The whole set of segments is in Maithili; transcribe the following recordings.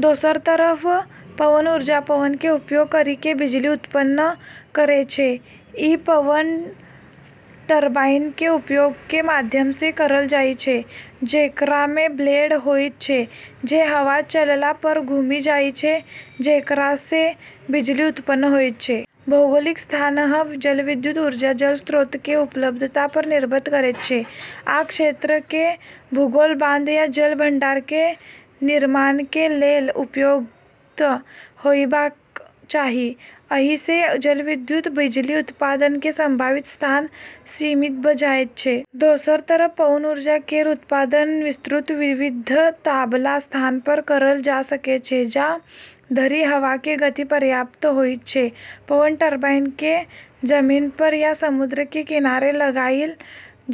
दोसर तरफ पवन ऊर्जा, पवनके उपयोग करिके बिजली उत्पन्न करै छै। ई पवन टरबाइनके उपयोगके माध्यमसँ करल जाइ छै, जेकरामे ब्लेड होइत छै जे हवा चलला पर घुमि जाइ छै, जेकरासँ बिजली उत्पन्न होइत छै। भौगोलिक स्थान: जलविद्युत ऊर्जा जल स्रोतके उपलब्धता पर निर्भर करैत छै, आ क्षेत्रके भूगोल, बांध या जल भंडारके निर्माणके लेल उपयुक्त होइबाक चाही। एहिसँ जलविद्युत बिजली उत्पादनके संभावित स्थान सीमित भ' जाइत छै। दोसर तरफ पवन ऊर्जा केर उत्पादन विस्तृत विविधताबला स्थान पर करल जा सकै छै, जा धरि हवाके गति पर्याप्त होइत छै। पवन टरबाइनके जमीन पर या समुद्रके किनारे लगाइल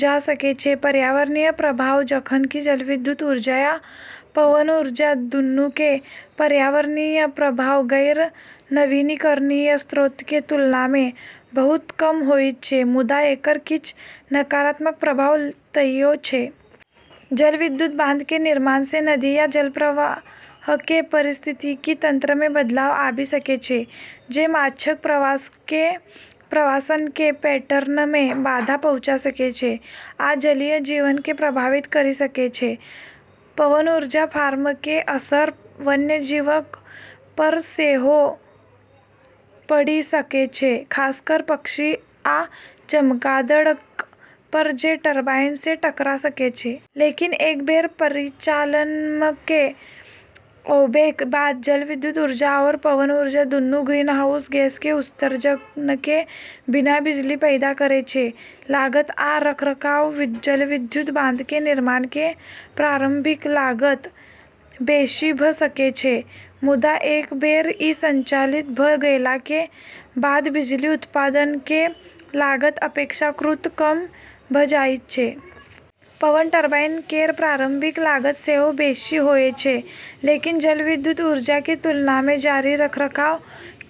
जा सकै छै। पर्यावरणीय प्रभाव: जखन कि जलविद्युत ऊर्जा आ पवन ऊर्जा दुन्नूके पर्यावरणीय प्रभाव गैर-नवीनीकरणीय स्रोतके तुलनामे बहुत कम होइत छै, मुदा एकर किछ नकारात्मक प्रभाव तइयो छै। जलविद्युत बांधके निर्माणसँ नदी या जलप्रवाहके पारिस्थितिकी तंत्रमे बदलाव आबि सकै छै, जे माछक प्रवासनके पैटर्नमे बाधा पहुंचा सकै छै आ जलीय जीवनके प्रभावित करि सकै छै। पवन ऊर्जा फार्मके असर वन्यजीवक पर सेहो पड़ि सकै छै, खासकर पक्षी आ चमगादड़क पर जे टरबाइनसँ टकरा सकै छै। लेकिन एक बेर परिचालनमे आबैके बाद जलविद्युत ऊर्जा आओर पवन ऊर्जा दुन्नू ग्रीनहाउस गैसके उत्सर्जनके बिना बिजली पैदा करै छै। लागत आ रखरखाव: जलविद्युत बांधके निर्माणके प्रारम्भिक लागत बेशी भ' सकै छै, मुदा एक बेर ई संचालित भ' गेलाके बाद बिजली उत्पादनके लागत अपेक्षाकृत कम भ' जाइत छै। पवन टरबाइन केर प्रारंभिक लागत सेहो बेशी होइ छै, लेकिन जलविद्युत ऊर्जाके तुलनामे जारी रखरखाव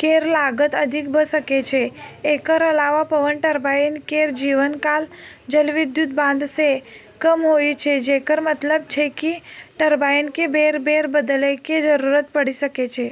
केर लागत अधिक भ' सकै छै। एकर अलावा पवन टरबाइन केर जीवन काल जलविद्युत बांधसँ कम होइ छै, जेकर मतलब छै कि टरबाइनके बेर - बेर बदलैके जरूरत पड़ि सकै छै।